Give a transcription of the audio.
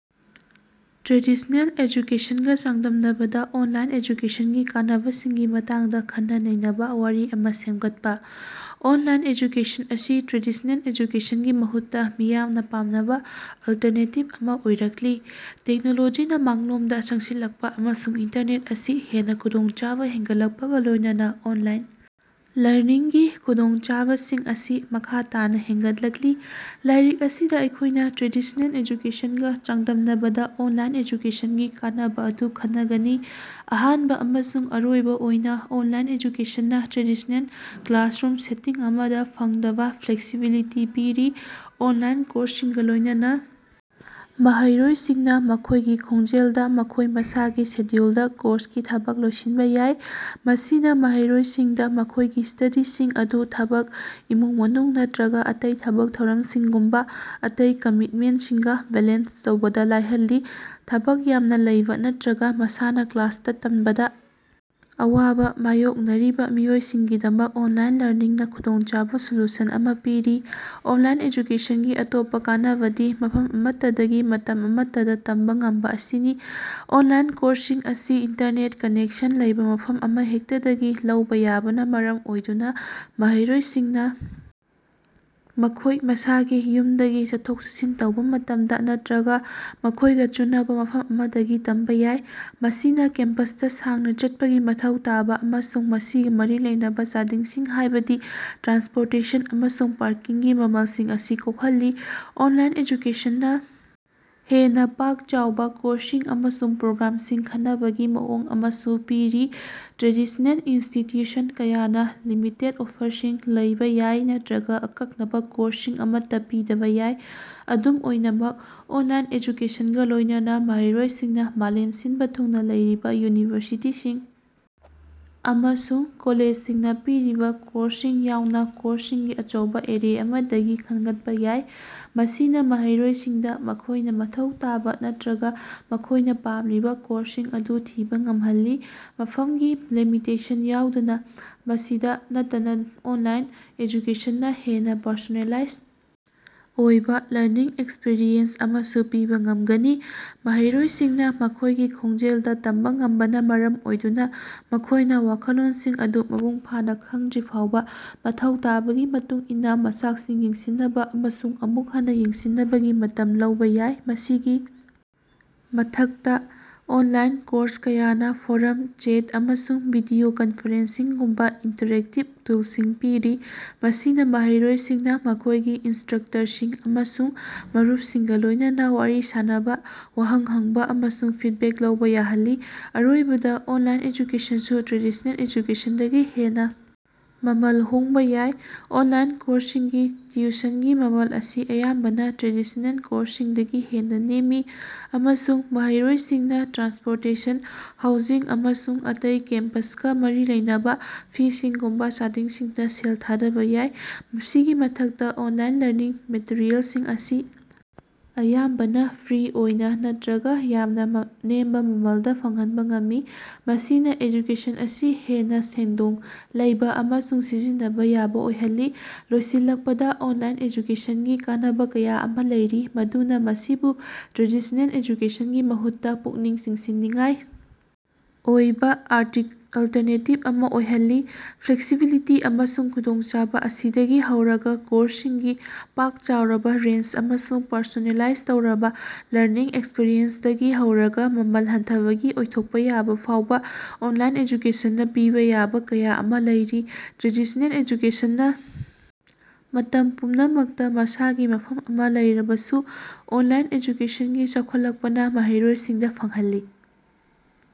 Traditional ꯑꯦꯖꯨꯀꯦꯁꯟꯒ ꯆꯥꯡꯗꯝꯅꯕꯗ online ꯑꯦꯖꯨꯀꯦꯁꯟꯒꯤ ꯀꯥꯟꯅꯕꯁꯤꯡꯒꯤ ꯃꯇꯥꯡꯗ ꯈꯟꯅ-ꯅꯩꯅꯕꯥ ꯋꯥꯔꯤ ꯑꯃ ꯁꯦꯝꯒꯠꯄꯥ꯫ ꯑꯣꯟꯂꯥꯏꯟ ꯑꯦꯖꯨꯀꯦꯁꯟ ꯑꯁꯤ ꯇ꯭ꯔꯦꯗꯤꯁꯅꯦꯜ ꯑꯦꯖꯨꯀꯦꯁꯟꯒꯤ ꯃꯍꯨꯠꯇ ꯃꯤꯌꯥꯝꯅ ꯄꯥꯝꯅꯕ ꯑꯜꯇꯔꯅꯦꯇꯤꯕ ꯑꯃ ꯑꯣꯏꯔꯛꯂꯤ꯫ ꯇꯦꯛꯅꯣꯂꯣꯖꯤꯅ ꯃꯥꯡꯂꯣꯝꯗ ꯆꯪꯁꯤꯜꯂꯛꯄꯥ ꯑꯃꯁꯨꯡ ꯏꯟꯇꯔꯅꯦꯠ ꯑꯁꯤ ꯍꯦꯟꯅ ꯈꯨꯗꯣꯡꯆꯥꯕ ꯍꯦꯟꯒꯠꯂꯛꯄꯒꯥ ꯂꯣꯏꯅꯅ ꯑꯣꯟꯂꯥꯏꯟ ꯂꯔꯅꯤꯡꯒꯤ ꯈꯨꯗꯣꯡꯆꯥꯕꯁꯤꯡ ꯑꯁꯤ ꯃꯈꯥ ꯇꯥꯅꯥ ꯍꯦꯟꯒꯠꯂꯛꯂꯤ꯫ ꯂꯥꯏꯔꯤꯛ ꯑꯁꯤꯗ ꯑꯩꯈꯣꯏꯅ ꯇ꯭ꯔꯦꯗꯤꯁꯅꯦꯜ ꯑꯦꯖꯨꯀꯦꯁꯟꯒꯥ ꯆꯥꯡꯗꯝꯅꯕꯗ ꯑꯣꯟꯂꯥꯏꯟ ꯑꯦꯖꯨꯀꯦꯁꯟꯒꯤ ꯀꯥꯟꯅꯕ ꯑꯗꯨ ꯈꯟꯅꯒꯅꯤ꯫ ꯑꯍꯥꯟꯕ ꯑꯃꯁꯨꯡ ꯑꯔꯣꯏꯕ ꯑꯣꯏꯅ, ꯑꯣꯟꯂꯥꯏꯟ ꯑꯦꯖꯨꯀꯦꯁꯟꯅꯥ ꯇ꯭ꯔꯦꯗꯤꯁꯅꯦꯜ ꯀ꯭ꯂꯥꯁꯔꯨꯝ ꯁꯦꯇꯤꯡ ꯑꯃꯗ ꯐꯪꯗꯕ ꯐ꯭ꯂꯦꯛꯁꯤꯕꯤꯂꯤꯇꯤ ꯄꯤꯔꯤ꯫ ꯑꯣꯟꯂꯥꯏꯟ ꯀꯣꯔꯁꯁꯤꯡꯒ ꯂꯣꯏꯅꯅ ꯃꯍꯩꯔꯣꯏꯁꯤꯡꯅꯥ ꯃꯈꯣꯏꯒꯤ ꯈꯣꯡꯖꯦꯜꯗꯥ, ꯃꯈꯣꯏ ꯃꯁꯥꯒꯤ ꯁꯦꯗ꯭ꯌꯨꯜꯗꯥ ꯀꯣꯔꯁꯀꯤ ꯊꯕꯛ ꯂꯣꯏꯁꯤꯟꯕ ꯌꯥꯏ꯫ ꯃꯁꯤꯅꯥ ꯃꯍꯩꯔꯣꯏꯁꯤꯡꯗꯥ ꯃꯈꯣꯏꯒꯤ ꯁ꯭ꯇꯗꯤꯁꯤꯡ ꯑꯗꯨ ꯊꯕꯛ, ꯏꯃꯨꯡ-ꯃꯅꯨꯡ ꯅꯠꯇ꯭ꯔꯒꯥ ꯑꯇꯩ ꯊꯕꯛ ꯊꯧꯔꯝꯁꯤꯡꯒꯨꯝꯕꯥ ꯑꯇꯩ ꯀꯃꯤꯠꯃꯦꯟꯁꯤꯡꯒꯥ ꯕꯦꯂꯦꯟꯁ ꯇꯧꯕꯗꯥ ꯂꯥꯏꯍꯜꯂꯤ꯫ ꯊꯕꯛ ꯌꯥꯝꯅꯥ ꯂꯩꯕꯥ ꯅꯠꯇ꯭ꯔꯒꯥ ꯃꯁꯥꯅꯥ ꯀ꯭ꯂꯥꯁꯇꯥ ꯇꯝꯕꯗꯥ ꯑꯋꯥꯕꯥ ꯃꯥꯌꯣꯛꯅꯔꯤꯕꯥ ꯃꯤꯑꯣꯏꯁꯤꯡꯒꯤꯗꯃꯛ ꯑꯣꯟꯂꯥꯏꯟ ꯂꯔꯅꯤꯡꯅꯥ ꯈꯨꯗꯣꯡꯆꯥꯕ ꯁꯣꯂꯨꯁꯟ ꯑꯃ ꯄꯤꯔꯤ꯫ ꯑꯣꯟꯂꯥꯏꯟ ꯑꯦꯖꯨꯀꯦꯁꯟꯒꯤ ꯑꯇꯣꯞꯄꯥ ꯀꯥꯟꯅꯕꯗꯤ ꯃꯐꯝ ꯑꯃꯠꯇꯗꯒꯤ, ꯃꯇꯝ ꯑꯃꯠꯇꯗꯥ ꯇꯝꯕꯥ ꯉꯝꯕꯥ ꯑꯁꯤꯅꯤ꯫ ꯑꯣꯟꯂꯥꯏꯟ ꯀꯣꯔꯁꯁꯤꯡ ꯑꯁꯤ ꯏꯟꯇꯔꯅꯦꯠ ꯀꯅꯦꯛꯁꯟ ꯂꯩꯕꯥ ꯃꯐꯝ ꯑꯃꯍꯦꯛꯇꯗꯒꯤ ꯂꯧꯕꯥ ꯌꯥꯕꯅꯥ ꯃꯔꯝ ꯑꯣꯏꯗꯨꯅꯥ ꯃꯍꯩꯔꯣꯏꯁꯤꯡꯅꯥ ꯃꯈꯣꯏ ꯃꯁꯥꯒꯤ ꯌꯨꯝꯗꯒꯤ, ꯆꯠꯊꯣꯛ-ꯆꯠꯁꯤꯟ ꯇꯧꯕꯥ ꯃꯇꯝꯗ ꯅꯠꯇ꯭ꯔꯒꯥ ꯃꯈꯣꯏꯒꯥ ꯆꯨꯅꯕꯥ ꯃꯐꯝ ꯑꯃꯗꯒꯤ ꯇꯝꯕꯥ ꯌꯥꯏ꯫ ꯃꯁꯤꯅꯥ ꯀꯦꯝꯄꯁꯇꯥ ꯁꯥꯡꯅꯥ ꯆꯠꯄꯒꯤ ꯃꯊꯧ ꯇꯥꯕꯥ ꯑꯃꯁꯨꯡ ꯃꯁꯤꯒꯥ ꯃꯔꯤ ꯂꯩꯅꯕꯥ ꯆꯥꯗꯤꯡꯁꯤꯡ, ꯍꯥꯏꯕꯗꯤ ꯇ꯭ꯔꯥꯟꯁꯄꯣꯔꯇꯦꯁꯟ ꯑꯃꯁꯨꯡ ꯄꯥꯔꯀꯤꯡꯒꯤ ꯃꯃꯜꯁꯤꯡ ꯑꯁꯤ ꯀꯣꯛꯍꯜꯂꯤ꯫ ꯑꯣꯟꯂꯥꯏꯟ ꯑꯦꯖꯨꯀꯦꯁꯟꯅꯥ ꯍꯦꯟꯅꯥ ꯄꯥꯛ-ꯆꯥꯎꯕꯥ ꯀꯣꯔꯁꯁꯤꯡ ꯑꯃꯁꯨꯡ ꯄ꯭ꯔꯣꯒ꯭ꯔꯥꯝꯁꯤꯡ ꯈꯟꯅꯕꯒꯤ ꯃꯑꯣꯡ ꯑꯃꯁꯨ ꯄꯤꯔꯤ꯫ ꯇ꯭ꯔꯦꯗꯤꯁꯅꯦꯜ ꯏꯟꯁꯇꯤꯇ꯭ꯌꯨꯁꯟ ꯀꯌꯥꯅ ꯂꯤꯃꯤꯇꯦꯠ ꯑꯣꯐꯔꯁꯤꯡ ꯂꯩꯕꯥ ꯌꯥꯏ ꯅꯠꯇ꯭ꯔꯒꯥ ꯑꯀꯛꯅꯕꯥ ꯀꯣꯔꯁꯁꯤꯡ ꯑꯃꯠꯇꯥ ꯄꯤꯗꯕꯥ ꯌꯥꯏ꯫ ꯑꯗꯨꯝ ꯑꯣꯏꯅꯃꯛ, ꯑꯣꯟꯂꯥꯏꯟ ꯑꯦꯖꯨꯀꯦꯁꯟꯒ ꯂꯣꯏꯅꯅ ꯃꯍꯩꯔꯣꯏꯁꯤꯡꯅꯥ ꯃꯥꯂꯦꯝ ꯁꯤꯟꯕ ꯊꯨꯡꯅꯥ ꯂꯩꯔꯤꯕ ꯌꯨꯅꯤꯚꯔꯁꯤꯇꯤꯁꯤꯡ ꯑꯃꯁꯨꯡ ꯀꯣꯂꯦꯖꯁꯤꯡꯅꯥ ꯄꯤꯔꯤꯕꯥ ꯀꯣꯔꯁꯁꯤꯡ ꯌꯥꯎꯅ ꯀꯣꯔꯁꯁꯤꯡꯒꯤ ꯑꯆꯧꯕꯥ ꯑꯦꯔꯦ ꯑꯃꯗꯒꯤ ꯈꯟꯒꯠꯄꯥ ꯌꯥꯏ꯫ ꯃꯁꯤꯅꯥ ꯃꯍꯩꯔꯣꯏꯁꯤꯡꯗꯥ ꯃꯈꯣꯏꯅꯥ ꯃꯊꯧ ꯇꯥꯕꯥ ꯅꯠꯇ꯭ꯔꯒꯥ ꯃꯈꯣꯏꯅꯥ ꯄꯥꯝꯂꯤꯕꯥ ꯀꯣꯔꯁꯁꯤꯡ ꯑꯗꯨ ꯊꯤꯕꯥ ꯉꯝꯍꯜꯂꯤ, ꯃꯐꯝꯒꯤ ꯂꯤꯃꯤꯇꯦꯁꯟ ꯌꯥꯎꯗꯅ ꯫ ꯃꯁꯤꯗꯥ ꯅꯠꯇꯅꯥ ꯑꯣꯟꯂꯥꯏꯟ ꯑꯦꯖꯨꯀꯦꯁꯟꯅꯥ ꯍꯦꯟꯅꯥ ꯄꯔꯁꯣꯅꯦꯂꯥꯏꯖ ꯑꯣꯏꯕꯥ ꯂꯔꯅꯤꯡ ꯑꯦꯛꯁꯄꯤꯔꯤꯑꯦꯟꯁ ꯑꯃꯁꯨ ꯄꯤꯕꯥ ꯉꯝꯒꯅꯤ꯫ ꯃꯍꯩꯔꯣꯏꯁꯤꯡꯅꯥ ꯃꯈꯣꯏꯒꯤ ꯈꯣꯡꯖꯦꯜꯗꯥ ꯇꯝꯕꯥ ꯉꯝꯕꯅꯥ ꯃꯔꯝ ꯑꯣꯏꯗꯨꯅꯥ ꯃꯈꯣꯏꯅꯥ ꯋꯥꯈꯜꯂꯣꯟꯁꯤꯡ ꯑꯗꯨ ꯃꯄꯨꯡ ꯐꯥꯅꯥ ꯈꯪꯗ꯭ꯔꯤꯐꯥꯎꯕꯥ ꯃꯊꯧ ꯇꯥꯕꯒꯤ ꯃꯇꯨꯡ ꯏꯟꯅꯥ ꯃꯆꯥꯛꯁꯤꯡ ꯌꯦꯡꯁꯤꯟꯅꯕꯥ ꯑꯃꯁꯨꯡ ꯑꯃꯨꯛ ꯍꯟꯅꯥ ꯌꯦꯡꯁꯤꯟꯅꯕꯒꯤ ꯃꯇꯝ ꯂꯧꯕꯥ ꯌꯥꯏ꯫ ꯃꯁꯤꯒꯤ ꯃꯊꯛꯇꯥ, ꯑꯣꯟꯂꯥꯏꯟ ꯀꯣꯔꯁ ꯀꯌꯥꯅꯥ ꯐꯣꯔꯝ, ꯆꯦꯠ, ꯑꯃꯁꯨꯡ ꯚꯤꯗꯤꯑꯣ ꯀꯟꯐꯔꯦꯟꯁꯤꯡꯒꯨꯝꯕꯥ ꯏꯟꯇꯔꯦꯛꯇꯤꯞ ꯇꯨꯜꯁꯤꯡ ꯄꯤꯔꯤ, ꯃꯁꯤꯅꯥ ꯃꯍꯩꯔꯣꯏꯁꯤꯡꯅꯥ ꯃꯈꯣꯏꯒꯤ ꯏꯟꯁꯇ꯭ꯔꯛꯇꯔꯁꯤꯡ ꯑꯃꯁꯨꯡ ꯃꯔꯨꯞꯁꯤꯡꯒꯥ ꯂꯣꯏꯅꯅ ꯋꯥꯔꯤ ꯁꯥꯅꯕꯥ, ꯋꯥꯍꯪ ꯍꯪꯕꯥ ꯑꯃꯁꯨꯡ ꯐꯤꯠꯕꯦꯛ ꯂꯧꯕꯥ ꯌꯥꯍꯜꯂꯤ꯫ ꯑꯔꯣꯏꯕꯗꯥ, ꯑꯣꯟꯂꯥꯏꯟ ꯑꯦꯖꯨꯀꯦꯁꯟꯁꯨ ꯇ꯭ꯔꯦꯗꯤꯁꯅꯦꯜ ꯑꯦꯖꯨꯀꯦꯁꯟꯗꯒꯤ ꯍꯦꯟꯅꯥ ꯃꯃꯜ ꯍꯣꯡꯕꯥ ꯌꯥꯏ꯫ ꯑꯣꯟꯂꯥꯏꯟ ꯀꯣꯔꯁꯁꯤꯡꯒꯤ ꯇꯤꯎꯁꯟꯒꯤ ꯃꯃꯜ ꯑꯁꯤ ꯑꯌꯥꯝꯕꯅꯥ ꯇ꯭ꯔꯦꯗꯤꯁꯅꯦꯜ ꯀꯣꯔꯁꯁꯤꯡꯗꯒꯤ ꯍꯦꯟꯅꯥ ꯅꯦꯝꯃꯤ, ꯑꯃꯁꯨꯡ ꯃꯍꯩꯔꯣꯏꯁꯤꯡꯅꯥ ꯇ꯭ꯔꯥꯟꯁꯄꯣꯔꯇꯦꯁꯟ, ꯍꯥꯎꯖꯤꯡ, ꯑꯃꯁꯨꯡ ꯑꯇꯩ ꯀꯦꯝꯄꯁꯀꯥ ꯃꯔꯤ ꯂꯩꯅꯕꯥ ꯐꯤꯁꯤꯡꯒꯨꯝꯕꯥ ꯆꯥꯗꯤꯡꯁꯤꯡꯗꯥ ꯁꯦꯜ ꯊꯥꯗꯕꯥ ꯌꯥꯏ꯫ ꯃꯁꯤꯒꯤ ꯃꯊꯛꯇꯥ, ꯑꯣꯟꯂꯥꯏꯟ ꯂꯔꯅꯤꯡ ꯃꯦꯇꯔꯤꯑꯦꯜꯁꯤꯡ ꯑꯁꯤ ꯑꯌꯥꯝꯕꯅꯥ ꯐ꯭ꯔꯤ ꯑꯣꯏꯅꯥ ꯅꯠꯇꯔꯒꯥ ꯌꯥꯝꯅꯥ ꯅꯦꯝꯕ ꯃꯃꯜꯗꯥ ꯐꯪꯍꯟꯕ ꯉꯝꯃꯤ, ꯃꯁꯤꯅ ꯑꯦꯖꯨꯀꯦꯁꯟ ꯑꯁꯤ ꯍꯦꯟꯅꯥ ꯁꯦꯟꯗꯣꯡ ꯂꯩꯕꯥ ꯑꯃꯁꯨꯡ ꯁꯤꯖꯤꯟꯅꯕꯥ ꯌꯥꯕꯥ ꯑꯣꯏꯍꯜꯂꯤ꯫ ꯂꯣꯏꯁꯤꯜꯂꯛꯄꯗꯥ, ꯑꯣꯟꯂꯥꯏꯟ ꯑꯦꯖꯨꯀꯦꯁꯟꯒꯤ ꯀꯥꯟꯅꯕ ꯀꯌꯥ ꯑꯃ ꯂꯩꯔꯤ ꯃꯗꯨꯅꯥ ꯃꯁꯤꯕꯨ ꯇ꯭ꯔꯦꯗꯤꯁ꯭ꯅꯦꯜ ꯑꯦꯖꯨꯀꯦꯁꯟꯒꯤ ꯃꯍꯨꯠꯇꯥ ꯄꯨꯛꯅꯤꯡ ꯆꯤꯡꯁꯤꯟꯅꯤꯡꯉꯥꯏ ꯑꯣꯏꯕꯥ ꯑꯜꯇꯔꯅꯦꯇꯤꯞ ꯑꯃ ꯑꯣꯏꯍꯜꯂꯤ꯫ ꯐ꯭ꯂꯦꯛꯁꯤꯕꯤꯂꯤꯇꯤ ꯑꯃꯁꯨꯡ ꯈꯨꯗꯣꯡꯆꯥꯕꯥ ꯑꯁꯤꯗꯒꯤ ꯍꯧꯔꯒꯥ ꯀꯣꯔꯁꯁꯤꯡꯒꯤ ꯄꯥꯛ ꯆꯥꯎꯔꯕꯥ ꯔꯦꯟꯖ ꯑꯃꯁꯨꯡ ꯄꯔꯁꯣꯅꯦꯂꯥꯏꯖ ꯇꯧꯔꯕꯥ ꯂꯔꯅꯤꯡ ꯑꯦꯛꯁꯄꯤꯔꯤꯌꯦꯟꯁꯇꯒꯤ ꯍꯧꯔꯒꯥ, ꯃꯃꯜ ꯍꯟꯊꯕꯒꯤ ꯑꯣꯏꯊꯣꯛꯄ ꯌꯥꯕꯥ ꯐꯥꯎꯕꯥ, ꯑꯣꯟꯂꯥꯏꯟ ꯑꯦꯖꯨꯀꯦꯁꯟꯅꯥ ꯄꯤꯕꯥ ꯌꯥꯕꯥ ꯀꯌꯥ ꯑꯃ ꯂꯩꯔꯤ꯫ ꯇ꯭ꯔꯦꯗꯤꯁꯅꯦꯜ ꯑꯦꯖꯨꯀꯦꯁꯟꯅꯥ ꯃꯇꯝ ꯄꯨꯝꯅꯃꯛꯇꯥ ꯃꯁꯥꯒꯤ ꯃꯐꯝ ꯑꯃꯥ ꯂꯩꯔꯕꯁꯨ, ꯑꯣꯟꯂꯥꯏꯟ ꯑꯦꯖꯨꯀꯦꯁꯟꯒꯤ ꯆꯥꯎꯈꯠꯂꯛꯄꯅ ꯃꯍꯩꯔꯣꯏꯁꯤꯡꯗ ꯐꯪꯍꯜꯂꯤ꯫